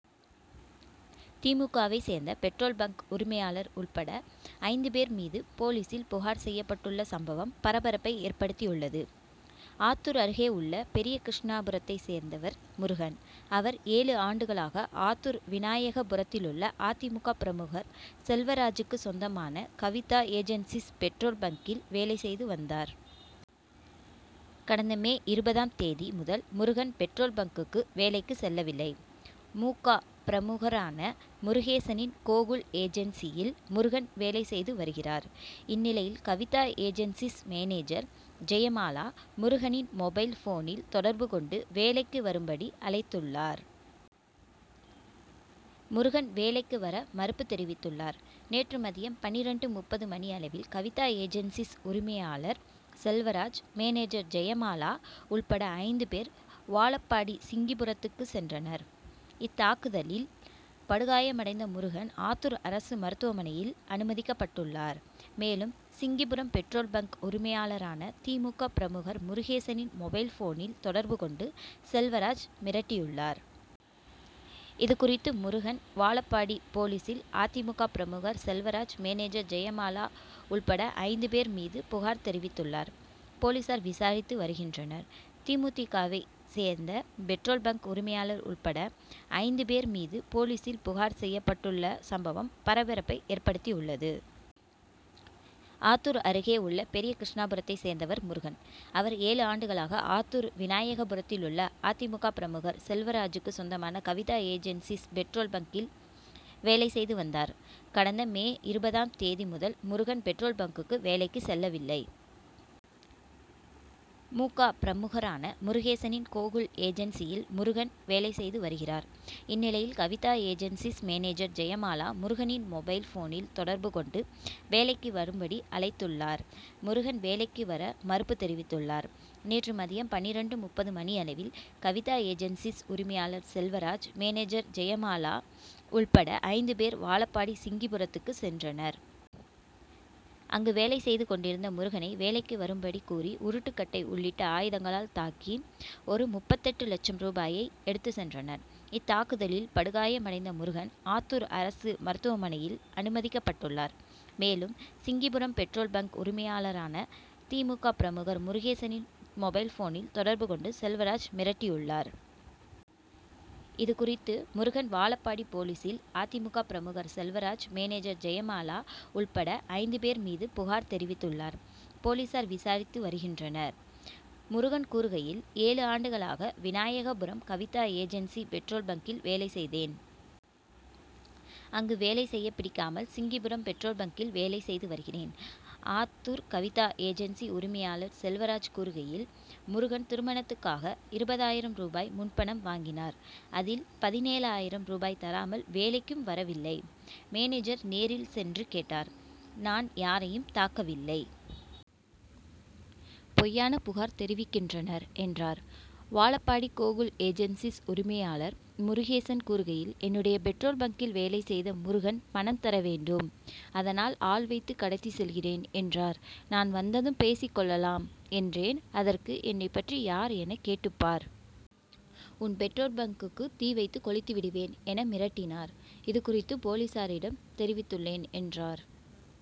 தி மு கவை சேர்ந்த பெட்ரோல் பங்க் உரிமையாளர் உள்பட ஐந்து பேர் மீது போலீஸில் புகார் செய்யப்பட்டுள்ள சம்பவம் பரபரப்பை ஏற்படுத்தியுள்ளது. ஆத்தூர் அருகே உள்ள பெரிய கிருஷ்ணாபுரத்தை சேர்ந்தவர் முருகன். அவர் ஏழு ஆண்டுகளாக ஆத்தூர் விநாயகபுரத்திலுள்ள அ தி மு க பிரமுகர் செல்வராஜூக்கு சொந்தமான கவிதா ஏஜன்சிஸ் பெட்ரோல் பங்கில் வேலை செய்து வந்தார். கடந்த மே இருபதாம் தேதி முதல் முருகன் பெட்ரோல் பங்க்குக்கு வேலைக்கு செல்லவில்லை. மு க பிரமுகரான முருகேசனின் கோகுல் ஏஜன்சியில் முருகன் வேலை செய்து வருகிறார். இந்நிலையில் கவிதா ஏஜன்சிஸ் மேனேஜர் ஜெயமாலா முருகனின் மொபைல் ஃபோனில் தொடர்பு கொண்டு வேலைக்கு வரும்படி அழைத்துள்ளார். முருகன் வேலைக்கு வர மறுப்பு தெரிவித்துள்ளார். நேற்று மதியம் பன்னிரண்டு.முப்பது மணியளவில் கவிதா ஏஜன்சிஸ் உரிமையாளர் செல்வராஜ் மேனேஜர் ஜெயமாலா உள்பட ஐந்து பேர் வாழப்பாடி சிங்கிபுரத்துக்கு சென்றனர். இத்தாக்குதலில் படுகாயமடைந்த முருகன் ஆத்தூர் அரசு மருத்துவமனையில் அனுமதிக்கப்பட்டுள்ளார். மேலும் சிங்கிபுரம் பெட்ரோல் பங்க் உரிமையாளரான தி மு க பிரமுகர் முருகேசனின் மொபைல் ஃபோனில் தொடர்பு கொண்டு செல்வராஜ் மிரட்டியுள்ளார். இது குறித்து முருகன் வாழப்பாடி போலீஸில் அ தி மு க பிரமுகர் செல்வராஜ் மேனேஜர் ஜெயமாலா உள்பட ஐந்து பேர் மீது புகார் செய்துள்ளார். போலீஸார் விசாரித்து வருகின்றனர். தி மு தி மு கவை சேர்ந்த பெட்ரோல் பங்க் உரிமையாளர் உள்பட ஐந்து பேர் மீது போலீஸில் புகார் செய்யப்பட்டுள்ள சம்பவம் பரபரப்பை ஏற்படுத்தியுள்ளது. ஆத்தூர் அருகே உள்ள பெரிய கிருஷ்ணாபுரத்தை சேர்ந்தவர் முருகன். அவர் ஏழு ஆண்டுகளாக ஆத்தூர் விநாயகபுரத்திலுள்ள அ தி மு க பிரமுகர் செல்வராஜூக்கு சொந்தமான கவிதா ஏஜன்சிஸ் பெட்ரோல் பங்கில் வேலை செய்து வந்தார். கடந்த மே இருபதாம் தேதி முதல் முருகன் பெட்ரோல் பங்க்குக்கு வேலைக்கு செல்லவில்லை. மு க பிரமுகரான முருகேசனின் கோகுல் ஏஜன்சியில் முருகன் வேலை செய்து வருகிறார். இந்நிலையில் கவிதா ஏஜன்சிஸ் மேனேஜர் ஜெயமாலா முருகனின் மொபைல் ஃபோனில் தொடர்பு கொண்டு வேலைக்கு வரும்படி அழைத்துள்ளார். முருகன் வேலைக்கு வர மறுப்பு தெரிவித்துள்ளார். நேற்று மதியம் பன்னிரண்டு.முப்பது மணியளவில் கவிதா ஏஜன்சிஸ் உரிமையாளர் செல்வராஜ் மேனேஜர் ஜெயமாலா உள்பட ஐந்து பேர் வாழப்பாடி சிங்கிபுரத்துக்கு சென்றனர். அங்கு வேலை செய்து கொண்டிருந்த முருகனை வேலைக்கு வரும்படி கூறி உருட்டு கட்டை உள்ளிட்ட ஆயுதங்களால் தாக்கி ஒரு.முப்பத்தெட்டு லட்சம் ரூபாயை எடுத்து சென்றனர். இத்தாக்குதலில் படுகாயமடைந்த முருகன் ஆத்தூர் அரசு மருத்துவமனையில் அனுமதிக்கப்பட்டுள்ளார். மேலும் சிங்கிபுரம் பெட்ரோல் பங்க் உரிமையாளரான தி மு க பிரமுகர் முருகேசனின் மொபைல் ஃபோனில் தொடர்பு கொண்டு செல்வராஜ் மிரட்டியுள்ளார். இது குறித்து முருகன் வாழப்பாடி போலீஸில் அ தி மு க பிரமுகர் செல்வராஜ் மேனேஜர் ஜெயமாலா உள்பட ஐந்து பேர் மீது புகார் செய்துள்ளார். போலீஸார் விசாரித்து வருகின்றனர். முருகன் கூறுகையில் ஏழு ஆண்டுகளாக விநாயகபுரம் கவிதா ஏஜென்சி பெட்ரோல் பங்கில் வேலை செய்தேன். அங்கு வேலை செய்ய பிடிக்காமல் சிங்கிபுரம் பெட்ரோல் பங்கில் வேலை செய்து வருகிறேன். ஆத்தூர் கவிதா ஏஜன்சி உரிமையாளர் செல்வராஜ் கூறுகையில் முருகன் திருமணத்துக்காக இருபதாயிரம் ரூபாய் முன்பணம் வாங்கினார். அதில் பதினேழாயிரம் ரூபாய் தராமல் வேலைக்கும் வரவில்லை. மானேஜர் நேரில் சென்று கேட்டார். நான் யாரையும் தாக்கவில்லை. பொய்யான புகார் தெரிவிக்கின்றனர் என்றார். வாழப்பாடி கோகுல் ஏஜன்சிஸ் உரிமையாளர் முருகேசன் கூறுகையில் என்னுடைய பெட்ரோல் பங்கில் வேலை செய்த முருகன் பணம் தரவேண்டும். அதனால் ஆள் வைத்து கடத்தி செல்கிறேன் என்றார். நான் வந்ததும் பேசிக்கொள்ளலாம் என்றேன். அதற்கு என்னை பற்றி யார் என கேட்டு பார். உன் பெட்ரோல் பங்க்குக்கு தீ வைத்து கொளுத்திவிடுவேன் என மிரட்டினார். இது குறித்து போலீஸாரிடம் தெரிவித்துள்ளேன் என்றார்.